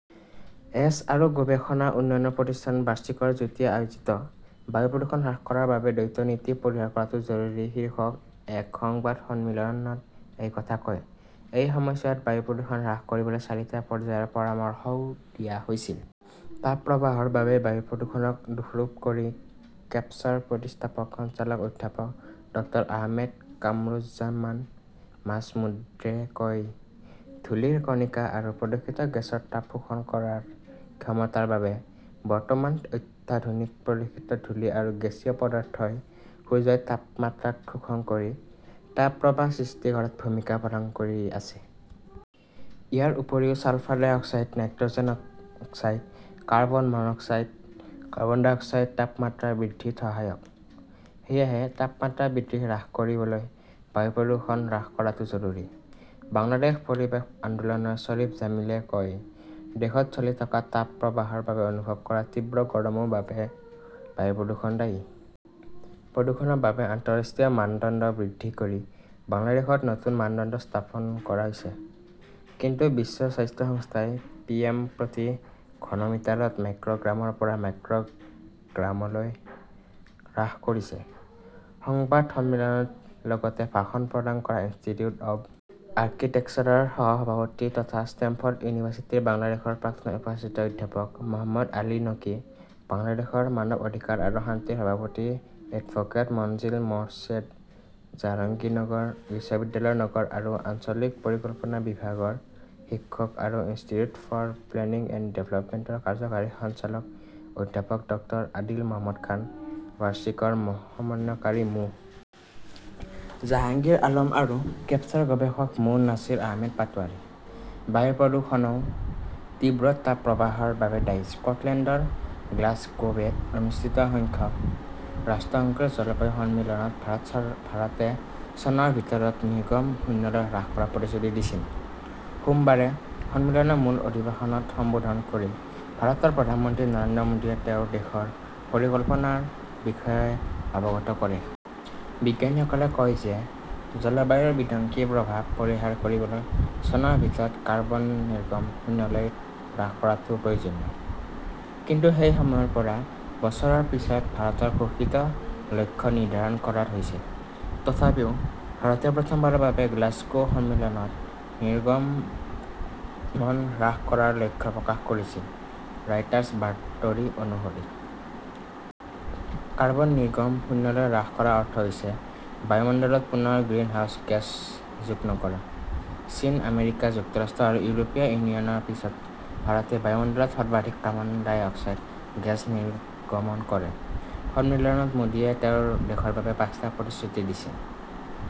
S. আৰু গৱেষণা উন্নয়ন প্ৰতিষ্ঠান বাৰ্চিকৰ যুটীয়া আয়োজিত 'বায়ু প্ৰদূষণ হ্ৰাস কৰাৰ বাবে দ্বৈত নীতি পৰিহাৰ কৰাটো জৰুৰী শীৰ্ষক এক সংবাদ সন্মিলনত এই কথা কয়। এই সময়ছোৱাত বায়ু প্ৰদূষণ হ্ৰাস কৰিবলৈ চাৰিটা পৰ্যায়ৰ পৰামৰ্শও দিয়া হৈছিল। তাপ প্ৰবাহৰ বাবে বায়ু প্ৰদূষণক দোষাৰোপ কৰি কেপছৰ প্ৰতিষ্ঠাপক সঞ্চালক অধ্যাপক ডক্তৰ আহমেদ কামৰুজ্জমান মাজ্মুদ্ৰে কয়, ধূলিৰ কণিকা আৰু প্ৰদূষিত গেছৰ তাপ শোষণ কৰাৰ ক্ষমতাৰ বাবে বৰ্তমান অত্যাধিক প্ৰদূষিত ধূলি আৰু গেছীয় পদাৰ্থই সূৰ্যৰ তাপমাত্ৰাক শোষণ কৰি তাপ প্ৰবাহ সৃষ্টি কৰাত ভূমিকা পালন কৰি আছে। ইয়াৰ উপৰিও sulphur dioxide, nitrogen oxide, carbon monoxide, carbon dioxide তাপমাত্ৰা বৃদ্ধিত সহায়ক। সেয়েহে তাপমাত্ৰা বৃদ্ধি হ্ৰাস কৰিবলৈ বায়ু প্ৰদূষণ হ্ৰাস কৰাটো জৰুৰী। বাংলাদেশ পৰিৱেশ আন্দোলনৰ শ্বৰীফ জামিলে কয়, দেশত চলি থকা তাপ প্ৰবাহৰ বাবে অনুভৱ কৰা তীব্ৰ গৰমৰ বাবেও বায়ু প্ৰদূষণ দায়ী। প্ৰদূষণৰ বাবে আন্তঃৰাষ্ট্ৰীয় মানদণ্ড বৃদ্ধি কৰি বাংলাদেশত নতুন মানদণ্ড স্থাপন কৰা হৈছে। কিন্তু বিশ্ব স্বাস্থ্য সংস্থাই পিএম প্ৰতি ঘন মিটাৰত মাইক্ৰʼগ্ৰামৰ পৰা মাইক্ৰʼগ্ৰামলৈ হ্ৰাস কৰিছে। সংবাদ সন্মিলনত লগতে ভাষণ প্ৰদান কৰে ইনষ্টিটিউট অৱ আৰ্কিটেক্সাৰৰ সহ-সভাপতি তথা ষ্টেমফৰ্ড ইউনিভাৰ্চিটি বাংলাদেশৰ প্ৰাক্তন উপাচাৰ্য অধ্যাপক মহম্মদ আলী নকী, বাংলাদেশৰ মানৱ অধিকাৰ আৰু শান্তি ৰ সভাপতি এডভোকেট মনজিল মোৰ্ছেড, জাহাংগীৰনগৰ বিশ্ববিদ্যালয়ৰ নগৰ আৰু আঞ্চলিক পৰিকল্পনা বিভাগৰ শিক্ষক আৰু institute for planning and development ৰ কাৰ্যবাহী সঞ্চালক অধ্যাপক ডক্তৰ আদিল মহম্মদ খান, বাৰচিকৰ সমন্বয়কাৰী মো. জাহাংগীৰ আলম আৰু কেপছৰ গৱেষক মো. নাছিৰ আহমেদ পাটোৱাৰী। বায়ু প্ৰদূষণও তীব্ৰ তাপ প্ৰবাহৰ বাবে দায়ী। স্কটলেণ্ডৰ গ্লাছগোৱেত অনুষ্ঠিত সংখ্যক ৰাষ্ট্ৰসংঘৰ জলবায়ু সন্মিলনত ভাৰতে চনৰ ভিতৰত নিৰ্গমন শূন্যলৈ হ্ৰাস কৰাৰ প্ৰতিশ্ৰুতি দিছিল। সোমবাৰে সন্মিলনৰ মূল অধিৱেশনত সম্বোধন কৰি ভাৰতৰ প্ৰধানমন্ত্ৰী নৰেন্দ্ৰ মোদীয়ে তেওঁৰ দেশৰ পৰিকল্পনাৰ বিষয়ে অৱগত কৰে। বিজ্ঞানীসকলে কয় যে জলবায়ুৰ বিধ্বংসী প্ৰভাৱ পৰিহাৰ কৰিবলৈ চনৰ ভিতৰত কাৰ্বন নিৰ্গমন শূন্যলৈ হ্ৰাস কৰাটো প্ৰয়োজনীয়। কিন্তু সেই সময়ৰ পৰা বছৰৰ পিছত ভাৰতৰ ঘোষিত লক্ষ্য নিৰ্ধাৰণ কৰা হৈছে। তথাপিও ভাৰতে প্ৰথমবাৰৰ বাবে গ্লাছগো সন্মিলনত নিৰ্গমন হ্ৰাস কৰাৰ লক্ষ্য প্ৰকাশ কৰিছিল, ৰয়টাৰ্ছৰ বাতৰি অনুসৰি। কাৰ্বন নিৰ্গমন শূন্যলৈ হ্ৰাস কৰাৰ অৰ্থ হৈছে বায়ুমণ্ডলত পুনৰ গ্ৰিনহাউজ গেছ যোগ নকৰা। চীন, আমেৰিকা যুক্তৰাষ্ট্ৰ আৰু ইউৰোপীয় ইউনিয়নৰ পিছত ভাৰতে বায়ুমণ্ডলত সৰ্বাধিক কাৰ্বন ডাই অক্সাইড গেছ নিৰ্গমন কৰে। সন্মিলনত মোদীয়ে তেওঁৰ দেশৰ বাবে পাঁচটা প্ৰতিশ্ৰুতি দিছিল।